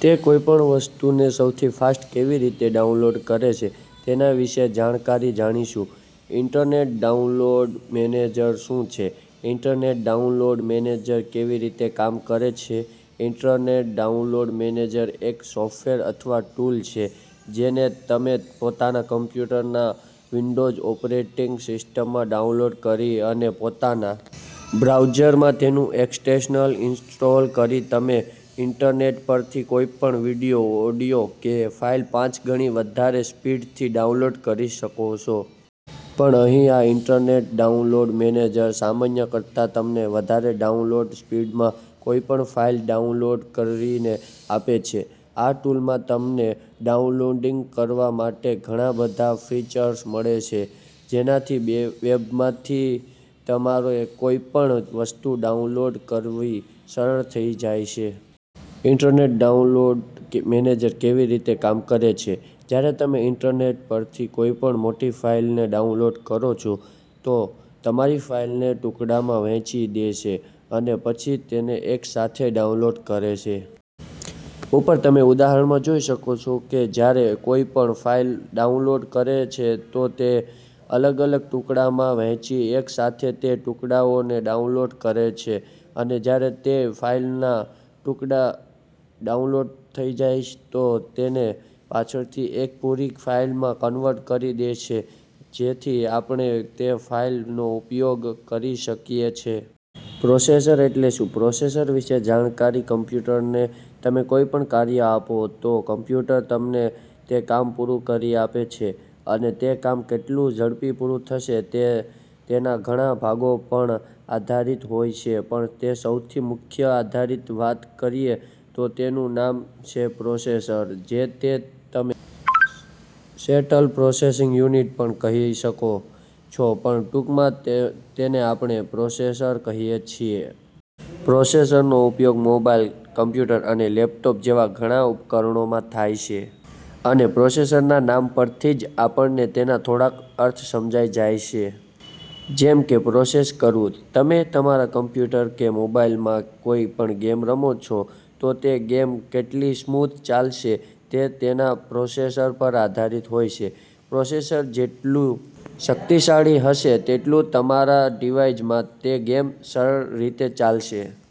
તે કોઈ પણ વસ્તુને સૌથી ફાસ્ટ કેવી રીતે ડાઉનલોડ કરે છે? તેના વિશે જાણકારી જાણીશું. ઇન્ટરનેટ ડાઉનલોડ મેનેજર શું છે? ઇન્ટરનેટ ડાઉનલોડ મેનેજર કેવી રીતે કામ કરે છે? ઇન્ટરનેટ ડાઉનલોડ મેનેજર એક સોફ્ટવેર અથવા ટૂલ છે જેને તમે પોતાના કમ્પ્યુટરના વિન્ડોઝ ઓપરેટિંગ સિસ્ટમમાં ડાઉનલોડ કરીને અને પોતાના બ્રાઉઝરમાં તેનું એક્સટેન્શન ઇન્સ્ટોલ કરીને તમે ઇન્ટરનેટ પરથી કોઈ પણ વિડિયો, ઓડિઓ કે ફાઇલ પાંચ ગણી વધારે સ્પીડથી ડાઉનલોડ કરી શકો છો. પણ અહી આ ઇન્ટરનેટ ડાઉનલોડ મેનેજર સામાન્ય કરતાં તમને વધારે ડાઉનલોડ સ્પીડમાં કોઈ પણ ફાઇલ ડાઉનલોડ કરીને આપે છે. આ ટૂલમાં તમને ડાઉનલોડીંગ કરવા માટે ઘણા બધા ફીચર્સ મળે છે જેનાથી વેબમાથી તમારે કોઈ પણ વસ્તુ ડાઉનલોડ કરવી સરળ થઈ જાય છે. ઇન્ટરનેટ ડાઉનલોડ મેનેજર કેવી રીતે કામ કરે છે? જ્યારે તમે ઇન્ટરનેટ પરથી કોઈ મોટી ફાઇલને ડાઉનલોડ કરો છો તો તમારી ફાઇલને ટુકડામાં વહેચી દે છે અને પછી તેને એક સાથે ડાઉનલોડ કરે છે. ઉપર તમે ઉદાહરણમાં જોઈ શકો છો કે જ્યારે કોઈ પણ ફાઇલ ડાઉનલોડ કરે છે તો તેને અલગ-અલગ ટુકડાઓમાં વહેંચીને એક સાથે તે ટુકડાઓને ડાઉનલોડ કરે છે અને જ્યારે તે ફાઇલના ટુકડા ડાઉનલોડ થઈ જાય તો તેને પાછળથી એક પૂરી ફાઇલમાં કન્વર્ટ કરી દે છે જેથી આપણે તે ફાઇલનો ઉપયોગ કરી શકીએ છે. પ્રોસેસર એટલે શું? પ્રોસેસર વિશે જાણકારી. કમ્પ્યુટરને તમે કોઈ પણ કાર્ય આપો તો કમ્પ્યુટર તમને તે કામ પુરુ કરીને આપે છે અને તે કામ કેટલું ઝડપી પૂરું થશે તે તેના ઘણા ભાગો પણ આધારિત હોય છે પણ તેમાં સૌથી મુખ્ય આધારની વાત કરીએ તો તેનું નામ છે પ્રોસેસર, જેને તમે "સેટ્રલ પ્રોસેસિંગ યુનિટ" પણ કહી શકો છો પણ ટૂંકમાં તેને આપણે પ્રોસેસર કહીએ છીએ. પ્રોસેસરનો ઉપયોગ મોબાઇલ, કમ્પ્યુટર અને લેપટોપ જેવા ઘણા ઉપકરણમાં થાય છે અને પ્રોસેસરના નામ પરથી જ આપણને તેનો થોડો અર્થ સમજાઈ જાય છે, જેમ કે પ્રોસેસ કરવું. તમે તમારા કમ્પ્યુટર કે મોબાઇલમાં કોઈ પણ ગેમ રમો છો તો તે ગેમ કેટલી સ્મૂધ ચાલશે તે તેના પ્રોસેસર પર આધારિત હોય છે, પ્રોસેસર જેટલું શક્તિશાળી હશે તેટલું તમારા ડિવાઇસમાં તે ગેમ સરળ રીતે ચાલશે.